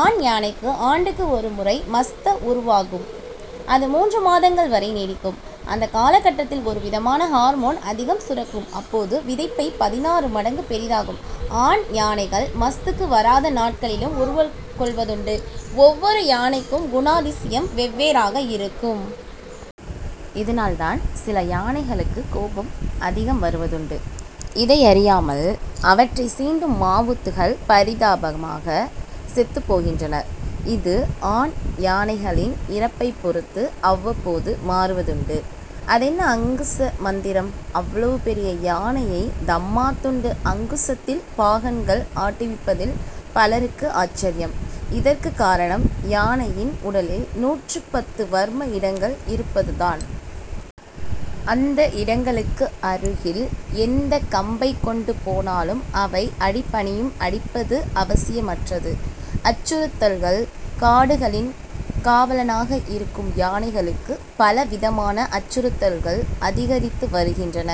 ஆண் யானைக்கு ஆண்டுக்கு ஒரு முறை மஸ்த உருவாகும். அது மூன்று மாதங்கள் வரை நீடிக்கும். அந்தக் கால கட்டத்தில் ஒரு விதமான ஹார்மோன் அதிகம் சுரக்கும் அப்போது விதைப்பை பதினாறு மடங்கு பெரிதாகும். ஆண் யானைகள் மஸ்துக்கு வராத நாட்களிலும் உறவு கொள்வதுண்டு. ஒவ்வொரு யானைக்கும் குணாதிசயம் வெவ்வேறாக இருக்கும். இதனால்தான் சில யானைகளுக்கு கோபம் அதிகம் வருவதுண்டு. இதை அறியாமல் அவற்றைச் சீண்டும் மாவூத்துகள் பரிதாபமாக செத்துப்போகின்றனர். இது ஆண் யானைகளின் இறப்பைப் பொறுத்து அவ்வப்போது மாறுவதுண்டு. அதென்ன அங்குச மந்திரம் அவ்வளவு பெரிய யானையை தம்மாத்துண்டு அங்குசத்தில் பாகன்கள் ஆட்டுவிப்பதில் பலருக்கு ஆச்சரியம். இதற்குக்காரணம் யானையின் உடலில் நூற்று பத்து வர்ம இடங்கள் இருப்பதுதான். அந்த இடங்களுக்கு அருகில் எந்த கம்பைக்கொண்டு போனாலும் அவை அடி பணியும் அடிப்பது அவசியமற்றது. அச்சுறுத்தல்கள் காடுகளின் காவலனாக இருக்கும் யானைகளுக்கு பல விதமான அச்சுறுத்தல்கள் அதிகரித்து வருகின்றன.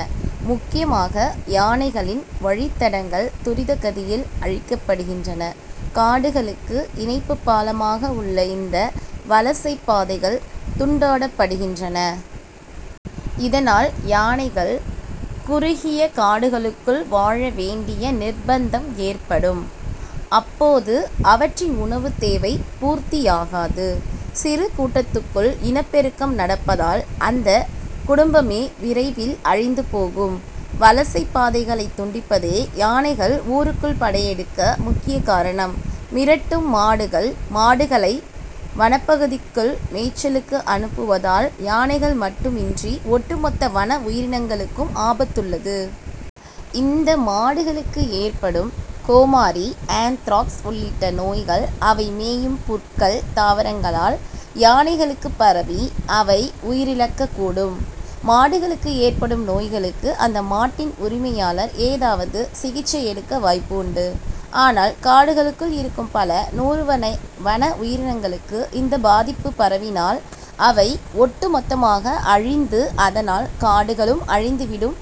முக்கியமாக யானைகளின வழித்தடங்கள் துரித கதியில் அழிக்கப்படுகின்றன. காடுகளுக்கு இணைப்புப் பாலமாக உள்ள இந்த வலசைப்பாதைகள் துண்டாடப்படுகின்றன. இதனால் யானைகள் குறுகிய காடுகளுக்குள் வாழ வேண்டிய நிர்ப்பந்தம் ஏற்படும். அப்போது அவற்றின் உணவுத் தேவை பூர்த்தியாகாது. சிறு கூட்டத்துக்குள் இனப் பெருக்கம் நடப்பதால் அந்த குடும்பமே விரைவில் அழிந்து போகும். வலசைப் பாதைகளைத் துண்டிப்பதே யானைகள் ஊருக்குள் படையெடுக்க முக்கியக்காரணம். மிரட்டும் மாடுகள் மாடுகளை வனப்பகுதிக்குள் மேய்ச்சலுக்கு அனுப்புவதால் யானைகள் மட்டுமின்றி ஒட்டு மொத்த வன உயிரினங்களுக்கும் ஆபத்துள்ளது. இந்த மாடுகளுக்கு ஏற்படும் கோமாரி ஆந்த்ராக்ஸ் உள்ளிட்ட நோய்கள் அவை மேயும் புற்கள், தாவரங்களால் யானைகளுக்குப் பரவி அவை உயிரிழக்கக்கூடும். மாடுகளுக்கு ஏற்படும் நோய்களுக்கு அந்த மாட்டின் உரிமையாளர் ஏதாவது சிகிச்சை எடுக்க வாய்ப்புண்டு. ஆனால் காடுகளுக்குள் இருக்கும் பல நூறு வன உயிரினங்களுக்கு இந்த பாதிப்பு பரவினால் அவை ஒட்டு மொத்தமாக அழிந்து அதனால் காடுகளும் அழிந்து விடும்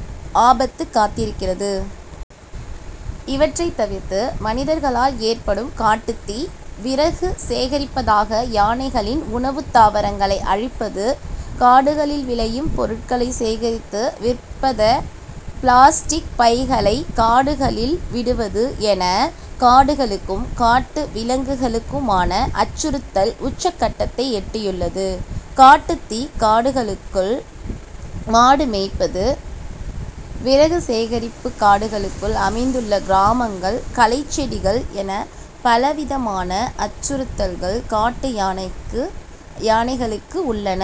ஆபத்து காத்திருக்கிறது. இவற்றைத் தவிர்த்து மனிதர்களால் ஏற்படும் காட்டுத்தீ விறகு சேகரிப்பதாக யானைகளின் உணவுத்தாவரங்களை அழிப்பது காடுகளில் விளையும் பொருட்களை சேகரித்து விற்பத பிளாஸ்டிக் பைகளை காடுகளில் விடுவது என காடுகளுக்கும் காட்டு விலங்குகளுக்குமான அச்சுறுத்தல் உச்சக்கட்டத்தை எட்டியுள்ளது. காட்டுத்தீ காடுகளுக்குள் மாடு மேய்ப்பது விறகு சேகரிப்பு காடுகளுக்குள் அமைந்துள்ள கிராமங்கள் களைச்செடிகள் என பலவிதமான அச்சுறுத்தல்கள் காட்டு யானைகளுக்கு உள்ளன.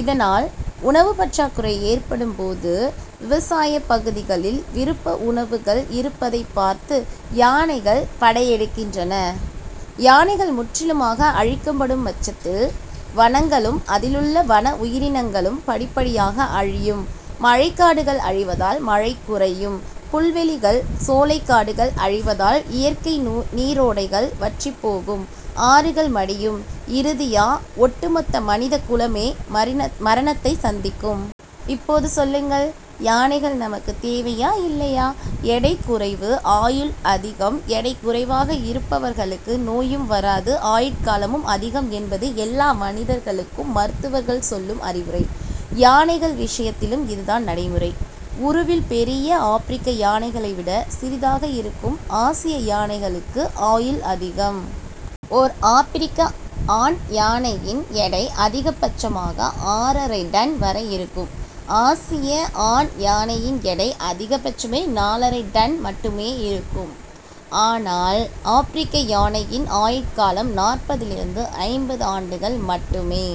இதனால் உணவுப் பற்றாக்குறை ஏற்படும்போது விவசாயப் பகுதிகளில் விருப்ப உணவுகள் இருப்பதைப் பார்த்து யானைகள் படையெடுக்கின்றன. யானைகள் முற்றிலுமாக அழிக்கப்படும்பட்சத்தில் வனங்களும் அதிலுள்ள வன உயிரினங்களும் படிப்படியாக அழியும். மழைக்காடுகள் அழிவதால் மழை குறையும். புல்வெளிகள் சோலைக்காடுகள் அழிவதால் இயற்கை நீரோடைகள் வற்றிப் போகும் ஆறுகள் மடியும் இறுதியா ஒட்டு மொத்த மனித குலமே மரணத்தை சந்திக்கும். இப்போது சொல்லுங்கள் யானைகள் நமக்குத் தேவையா இல்லையா? எடை குறைவு ஆயுள் அதிகம்! எடை குறைவாக இருப்பவர்களுக்கு நோயும் வராது ஆயுட்காலமும் அதிகம் என்பது எல்லா மனிதர்களுக்கும் மருத்துவர்கள் சொல்லும் அறிவுரை. யானைகள் விஷயத்திலும் இதுதான் நடைமுறை. உருவில் பெரிய ஆப்பிரிக்க யானைகளை விட சிறிதாக இருக்கும் ஆசிய யானைகளுக்கு ஆயுள் அதிகம். ஓர் ஆப்பிரிக்க ஆண் யானையின் எடை, அதிகபட்சமாக ஆறரைடன் வரை இருக்கும். ஆசிய ஆண் யானையின் எடை அதிகபட்சமே நாலரைடன் மட்டுமே இருக்கும். ஆனால் ஆப்பிரிக்க யானையின் ஆயுட்காலம் நாற்பதிலிருந்து ஐம்பது ஆண்டுகள் மட்டுமே.